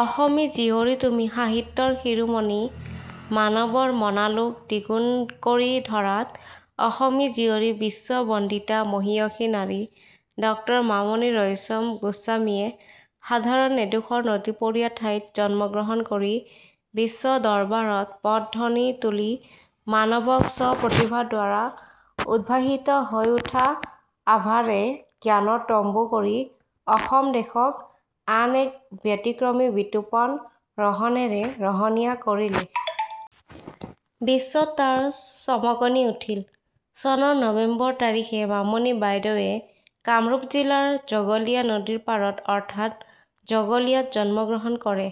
অসমী জীয়ৰী তুমি সাহিত্যৰ শিৰোমণি মানৱৰ মনালোক দ্বিগুণ কৰি ধৰাত অসমী জীয়ৰী বিশ্ববন্দিতা মহীয়সী নাৰী ড মামণি ৰয়ছম গোস্বামীয়ে সাধাৰণ এডোখৰ নদীপৰীয়া ঠাইত জন্মগ্ৰহণ কৰি বিশ্ব দৰবাৰত পদধ্বনি তুলি মানৱক স্ব-প্ৰতিভাৰ দ্বাৰা উদ্ভাষিত হৈ উঠা আভাৰে জ্ঞানৰ তম্বু তৰি অসম দেশক আন এক ব্যতিক্ৰমী বিতোপন ৰহণেৰে ৰহণীয়া কৰিলে। বিশ্বত তাৰ চমকণি উঠিল। চনৰ নৱেম্বৰ তাৰিখে মামণি বাইদেৱে কামৰূপ জিলাৰ জগলীয়া নদীৰ পাৰত অৰ্থাৎ জগলিয়াত জন্মগ্ৰহণ কৰে।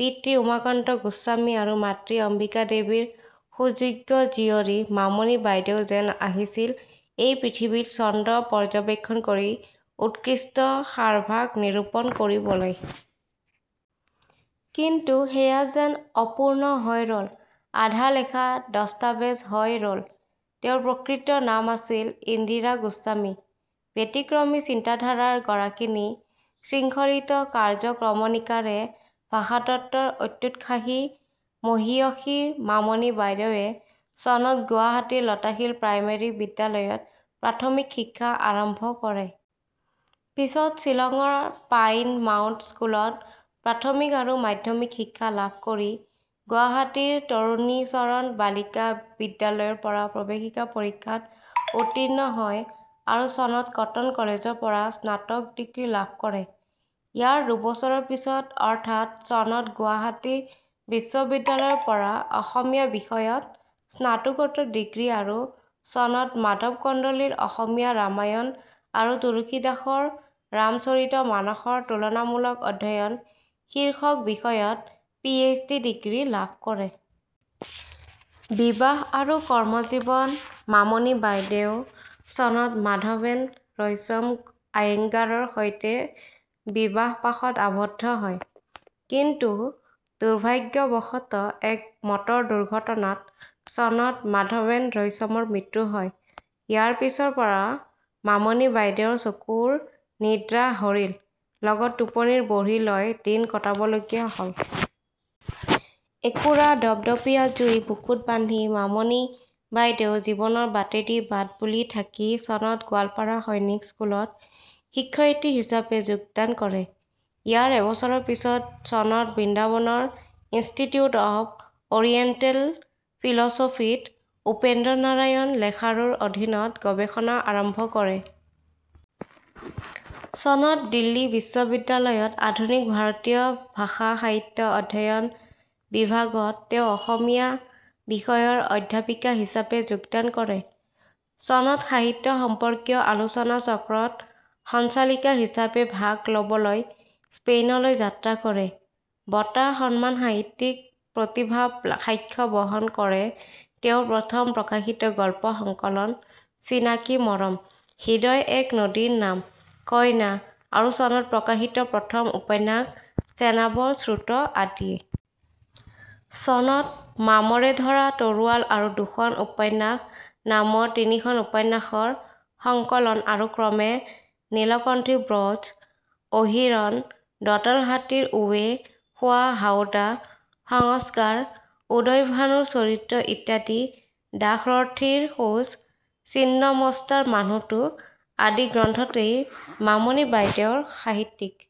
পিতৃ উমাকান্ত গোস্বামী আৰু মাতৃ অম্বিকা দেৱীৰ সুযোগ্য জীয়ৰী মামণি বাইদেউ যেন আহিছিল এই পৃথিৱীৰ ছন্দ পৰ্যবেক্ষণ কৰি উৎকৃষ্ট সাৰভাগ নিৰূপণ কৰিবলৈ। কিন্তু সেয়া যেন অপূৰ্ণ হৈ ৰ'ল। আধা লেখা দস্তাবেজ হৈ ৰ'ল। তেওঁৰ প্ৰকৃত নাম আছিল ইন্দিৰা গোস্বামী। ব্যতিক্ৰমী চিন্তাধাৰাৰ গৰাকিনী, শৃংখলিত কাৰ্য-ক্ৰমণিকাৰে ভাষাতত্বৰ অত্যুৎসাহী মহীয়সী মামণি বাইদেৱে চনত গুৱাহাটীৰ লতাশিল প্ৰাইমেৰী বিদ্যালয়ত প্ৰাথমিক শিক্ষা আৰম্ভ কৰে। পিছত শ্বিলঙৰ পাইন মাউন্ট স্কুলত প্ৰাথমিক আৰু মাধ্যমিক শিক্ষা লাভ কৰি গুৱাহাটীৰ তাৰিণীচৰণ বালিকা বিদ্যালয়ৰ পৰা প্ৰৱেশিকা পৰীক্ষাত উত্তীৰ্ণ হয় আৰু চনত কটন কলেজৰ পৰা স্নাতক ডিগ্ৰী লাভ কৰে। ইয়াৰ দুবছৰৰ পিছত অৰ্থাৎ চনত গুৱাহাটী বিশ্ববিদ্যালয়ৰ পৰা অসমীয়া বিষয়ত স্নাতকোত্তৰ ডিগ্ৰী আৰু চনত 'মাধৱ কন্দলিৰ অসমীয়া ৰামায়ণ আৰু তুলসী দাসৰ ৰামচৰিত মানসৰ তুলনামূলক অধ্যয়ন' শীৰ্ষক বিষয়ত পি, এইচ্, ডি ডিগ্ৰী লাভ কৰে। বিবাহ আৰু কৰ্মজীৱন মামণি বাইদেউ চনত মাধৱেন ৰয়ছম আয়েংগাৰৰ সৈতে বিবাহ পাশত আৱদ্ধ হয়। কিন্তু দুৰ্ভাগ্যবশতঃ এক মটৰ দুৰ্ঘটনাত চনত মাধৱেন ৰয়ছমৰ মৃত্যু হয়। ইয়াৰ পিছৰ পৰা মামণি বাইদেউৰ চকুৰ নিদ্ৰা হৰিল৷ লগত টোপনিৰ বড়ি লৈ দিন কটাবলগীয়া হ'ল। একুৰা দপদপীয়া জুই বুকুত বান্ধি মামণি বাইদেউ জীৱনৰ বাটেদি বাট বুলি থাকি চনত গোৱালপাৰা সৈনিক স্কুলত শিক্ষয়িত্ৰী হিচাপে যোগদান কৰে। ইয়াৰ এবছৰৰ পিছত চনত বৃন্দাবনৰ ইনষ্টিটিউট অৱ অৰিয়েণ্টেল ফিল'ছফিত উপেন্দ্ৰনাৰায়ণ লেখাৰুৰ অধীনত গৱেষণা আৰম্ভ কৰে। চনত দিল্লী বিশ্ববিদ্যালয়ত আধুনিক ভাৰতীয় ভাষা সাহিত্য অধ্যয়ন বিভাগত তেওঁ অসমীয়া বিষয়ৰ অধ্যাপিকা হিচাপে যোগদান কৰে। চনত সাহিত্য সম্পৰ্কীয় আলোচনা চক্ৰত সঞ্চালিকা হিচাপে ভাগ ল'বলৈ স্পেইনলৈ যাত্ৰা কৰে ৷ বঁটা, সন্মান সাহিত্যিক প্ৰতিভাব সাক্ষ্য বহন কৰে তেওঁৰ প্ৰথম প্ৰকাশিত গল্প সংকলন 'চিনাকি মৰম'-, 'হৃদয় এক নদীৰ নাম'-, 'কইনা'- আৰু চনত প্ৰকাশিত প্ৰথম উপন্যাস 'চেনাবৰ স্ৰোত' আদিয়ে। চনত 'মামৰে ধৰা তৰোৱাল আৰু দুখন উপন্যাস নামৰ তিনিখন উপন্যাসৰ সংকলন আৰু ক্ৰমে 'নীলকণ্ঠী ব্ৰজ', অহিৰণ, 'দঁতাল হাতীৰ উঁৱে খোৱা হাওদা', সংস্কাৰ, উদয়ভানুৰ চৰিত্ৰ ইত্যাদি', 'দাসৰৰ্থীৰ খোজ', 'ছিন্নমস্তাৰ মানুহটো', আদি গ্ৰন্থতেই মামণি বাইদেউৰ সাহিত্যিক